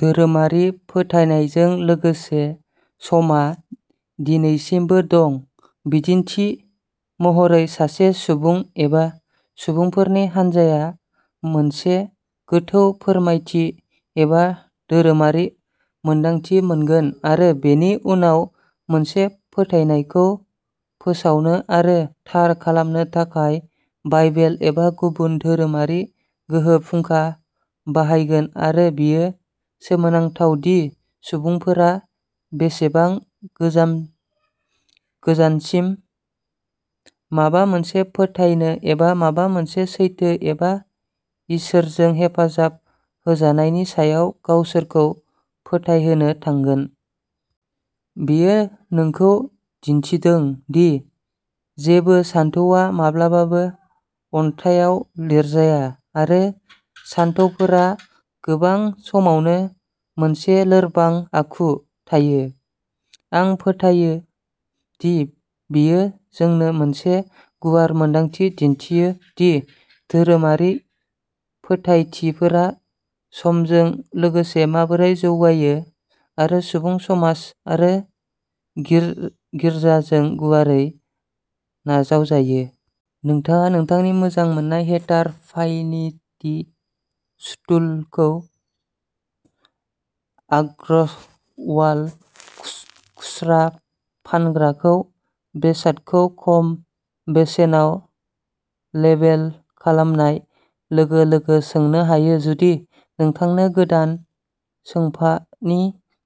धोरोमारि फोथायनायजों लोगोसे समआ दिनैसिमबो दं। बिदिन्थि महरै सासे सुबुं एबा सुबुंफोरनि हानजाया मोनसे गोथौ फोरमायथि एबा धोरोमारि मोन्दांथि मोनगोन आरो बेनि उनाव मोनसे फोथायनायखौ फोसावनो आरो थार खालामनो थाखाय बाइबेल एबा गुबुन धोरोमारि गोहो फुंखा बाहायगोन आरो बेयो सोमोनांथाव दि सुबुंफोरा बेसेबां गोजाम गोजानसिम माबा मोनसे फोथायनो एबा माबा मोनसे सैथो एबा इसोरजों हेफाजाब होजानायनि सायाव गावसोरखौ फोथायहोनो थांगोन। बेयो नोंखौ दिन्थिदों दि जेबो सानथौआ माब्लाबाबो अन्थाइआव लिरजाया आरो सानथौफोरा गोबां समावनो मोनसे लोरबां आखु थायो। आं फोथायो दि बेयो जोंनो मोनसे गुवार मोनदांथि दिन्थियो दि धोरोमारि फोथायथिफोरा समजों लोगोसे माबोरै जौगायो आरो सुबुं समाज आरो गिर्जाजों गुवारै नाजावजायो। नोंथाङा नोंथांनि मोजां मोनजानाय हेटार भ्यानिटि स्टुलखौ आगस्त ग्र'व खुस्रा फानग्राखौ बेसादखौ खम बेसेनाव लेबेल खालामनाय लोगो लोगो सोंनो हायो। जुदि नोंथांनो गोदान सोफानि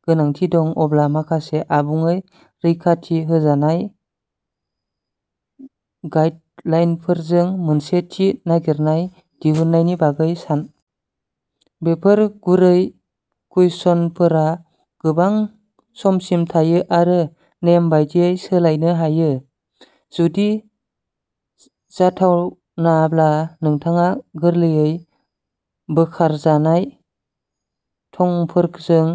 गोनांथि दं, अब्ला माखासे आबुङै रैखाथि होजानाय गाइडलाइनफोरजों मोनसे थि नागिरना दिहुननायनि बागै सान। बेफोर गुरै कुशनफोरा गोबां समसिम थायो आरो नेम बादियै सोलायनो हायो। जुदि जाथावनाब्ला, नोंथाङा गोरलैयै बोखारजानाय थंफोरजों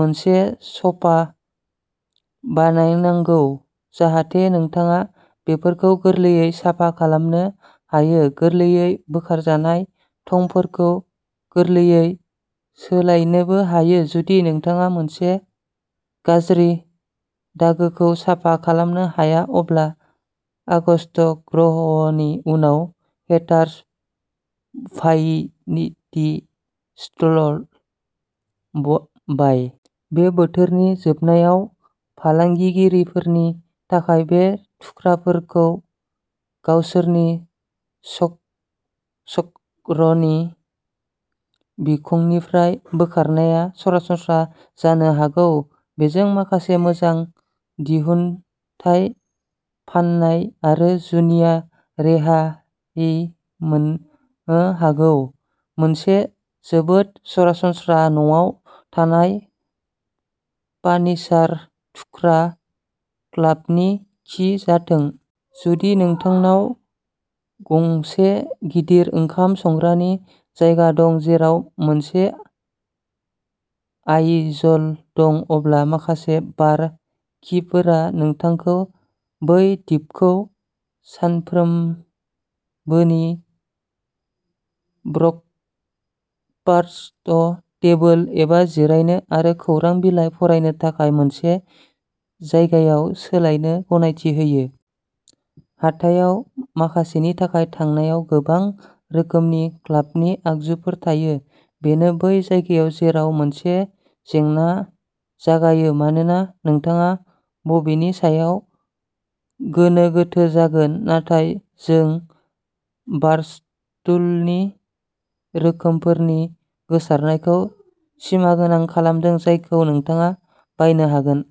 मोनसे स'फा बायनांगौ जाहाथे नोंथाङा बेफोरखौ गोरलैयै साफा खालामनो हायो। गोरलैयै बोखारजानाय थंफोरखौ गोरलैयै सोलायनोबो हायो, जुदि नोंथाङा मोनसे गाज्रि दागोखौ साफा खालामनो हाया अब्ला आगस्ट ग्र'वनि उनाव हेटार भ्यानिटि स्टुल बाय। बे बोथोरनि जोबनायाव, फालांगियारिफोरनि थाखाय बे थुख्राफोरखौ गावसोरनि स्ट'रनि बिखंनिफ्राय बोखारनाया सरासनस्रा जानो हागौ। बेजों माखासे मोजां दिहुनथाय फाननाय आरो जुनिया रेहाय मोननो हागौ। मोनसे जोबोद सरासनस्रा न'आव थानाय फार्निचार थुख्रा क्लाबनि खि जाथों। जुदि नोंथांनाव गंसे गिदिर ओंखाम संग्रानि जायगा दं, जेराव मोनसे आइजल दं, अब्ला माखासे बार खिफोरा नोंथांखौ बै दिपखौ सानफ्रोमबोनि ब्रेकफास्ट टेबोल एबा जिरायनो आरो खौरां बिलाइ फरायनो थाखाय मोनसे जायगायाव सोलायनो गनायथि होयो। हाथाइआव माखासेनि थाखाय थांनायाव गोबां रोखोमनि क्लाबनि आगजुफोर थायो। बेनो बै जायगा जेराव मोनसे जेंना जागायो मानोना नोंथाङा बबेनि सायाव गोनो गोथो जागोन। नाथाय जों बारस्टुलनि रोखोमफोरनि गोसारनायखौ सिमागोनां खालामदों, जायखौ नोंथाङा बायनो हागोन।